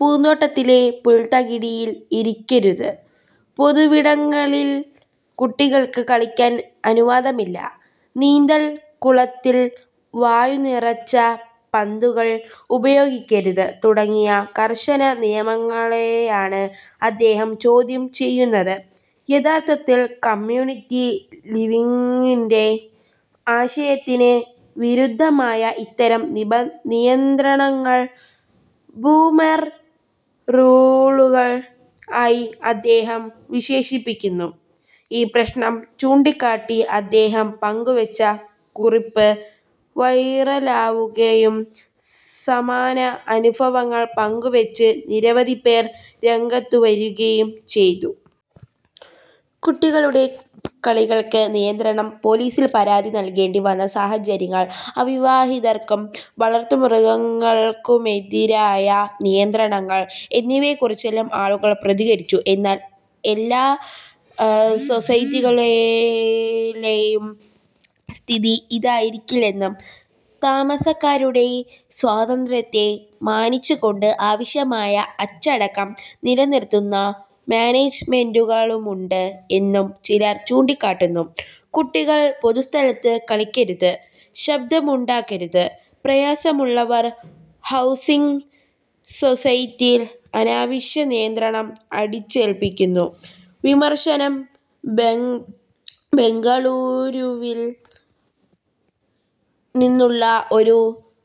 പൂന്തോട്ടത്തിലെ പുൽത്തകിടിയിൽ ഇരിക്കരുത്, പൊതുവിടങ്ങളിൽ കുട്ടികൾക്ക് കളിക്കാൻ അനുവാദമില്ല, നീന്തൽക്കുളത്തിൽ വായു നിറച്ച പന്തുകൾ ഉപയോഗിക്കരുത് തുടങ്ങിയ കർശന നിയമങ്ങളെയാണ് അദ്ദേഹം ചോദ്യം ചെയ്യുന്നത്. യഥാർത്ഥത്തിൽ കമ്മ്യൂണിറ്റി ലിവിങ്ങിന്റെ ആശയത്തിന് വിരുദ്ധമായ ഇത്തരം നിയന്ത്രണങ്ങൾ 'ബൂമർ റൂളുകൾ' ആയി അദ്ദേഹം വിശേഷിപ്പിക്കുന്നു. ഈ പ്രശ്നം ചൂണ്ടിക്കാട്ടി അദ്ദേഹം പങ്കുവെച്ച കുറിപ്പ് വൈറലാവുകയും സമാന അനുഭവങ്ങൾ പങ്കുവെച്ച് നിരവധിപേർ രംഗത്തുവരികയും ചെയ്തു. കുട്ടികളുടെ കളികൾക്ക് നിയന്ത്രണം, പോലീസിൽ പരാതി നൽകേണ്ടി വന്ന സാഹചര്യങ്ങൾ, അവിവാഹിതർക്കും വളർത്തുമൃഗങ്ങൾക്കുമെതിരായ നിയന്ത്രണങ്ങൾ എന്നിവയെക്കുറിച്ചെല്ലാം ആളുകൾ പ്രതികരിച്ചു. എന്നാൽ എല്ലാ സൊസൈറ്റികളിലെയും സ്ഥിതി ഇതായിരിക്കില്ലെന്നും, താമസക്കാരുടെ സ്വാതന്ത്ര്യത്തെ മാനിച്ചുകൊണ്ട് ആവശ്യമായ അച്ചടക്കം നിലനിർത്തുന്ന മാനേജ്മെന്റുകളുമുണ്ട് എന്നും ചിലർ ചൂണ്ടിക്കാട്ടുന്നു. കുട്ടികൾ പൊതുസ്ഥലത്ത് കളിക്കരുത്, ശബ്ദമുണ്ടാക്കരുത്: പ്രായമുള്ളവർ ഹൗസിങ് സൊസൈറ്റിയിൽ അനാവശ്യ നിയന്ത്രണം അടിച്ചേൽപ്പിക്കുന്നു; വിമർശനം ബംഗളൂരുവിൽ നിന്നുള്ള ഒരു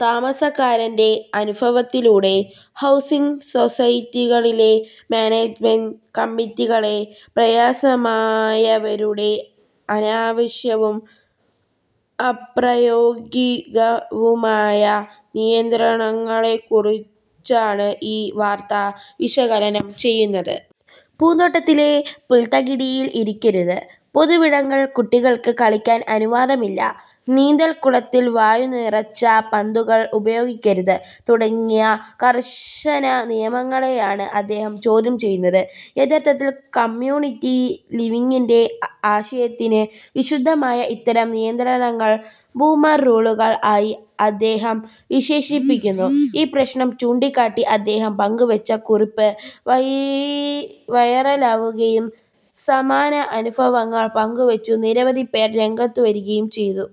താമസക്കാരന്റെ അനുഭവത്തിലൂടെ, ഹൗസിങ് സൊസൈറ്റികളിലെ മാനേജ്മെന്റ് കമ്മിറ്റികളിലെ പ്രായമായവരുടെ അനാവശ്യവും അപ്രായോഗികവുമായ നിയന്ത്രണങ്ങളെക്കുറിച്ചാണ് ഈ വാർത്ത വിശകലനം ചെയ്യുന്നത്. പൂന്തോട്ടത്തിലെ പുൽത്തകിടിയിൽ ഇരിക്കരുത്, പൊതുവിടങ്ങളിൽ കുട്ടികൾക്ക് കളിക്കാൻ അനുവാദമില്ല, നീന്തൽക്കുളത്തിൽ വായു നിറച്ച പന്തുകൾ ഉപയോഗിക്കരുത് തുടങ്ങിയ കർശന നിയമങ്ങളെയാണ് അദ്ദേഹം ചോദ്യം ചെയ്യുന്നത്. യഥാർത്ഥത്തിൽ കമ്മ്യൂണിറ്റി ലിവിങ്ങിന്റെ ആശയത്തിന് വിരുദ്ധമായ ഇത്തരം നിയന്ത്രണങ്ങൾ 'ബൂമർ റൂളുകൾ' ആയി അദ്ദേഹം വിശേഷിപ്പിക്കുന്നു. ഈ പ്രശ്നം ചൂണ്ടിക്കാട്ടി അദ്ദേഹം പങ്കുവെച്ച കുറിപ്പ് വൈറലാവുകയും സമാന അനുഭവങ്ങൾ പങ്കുവെച്ച് നിരവധിപേർ രംഗത്തുവരികയും ചെയ്തു.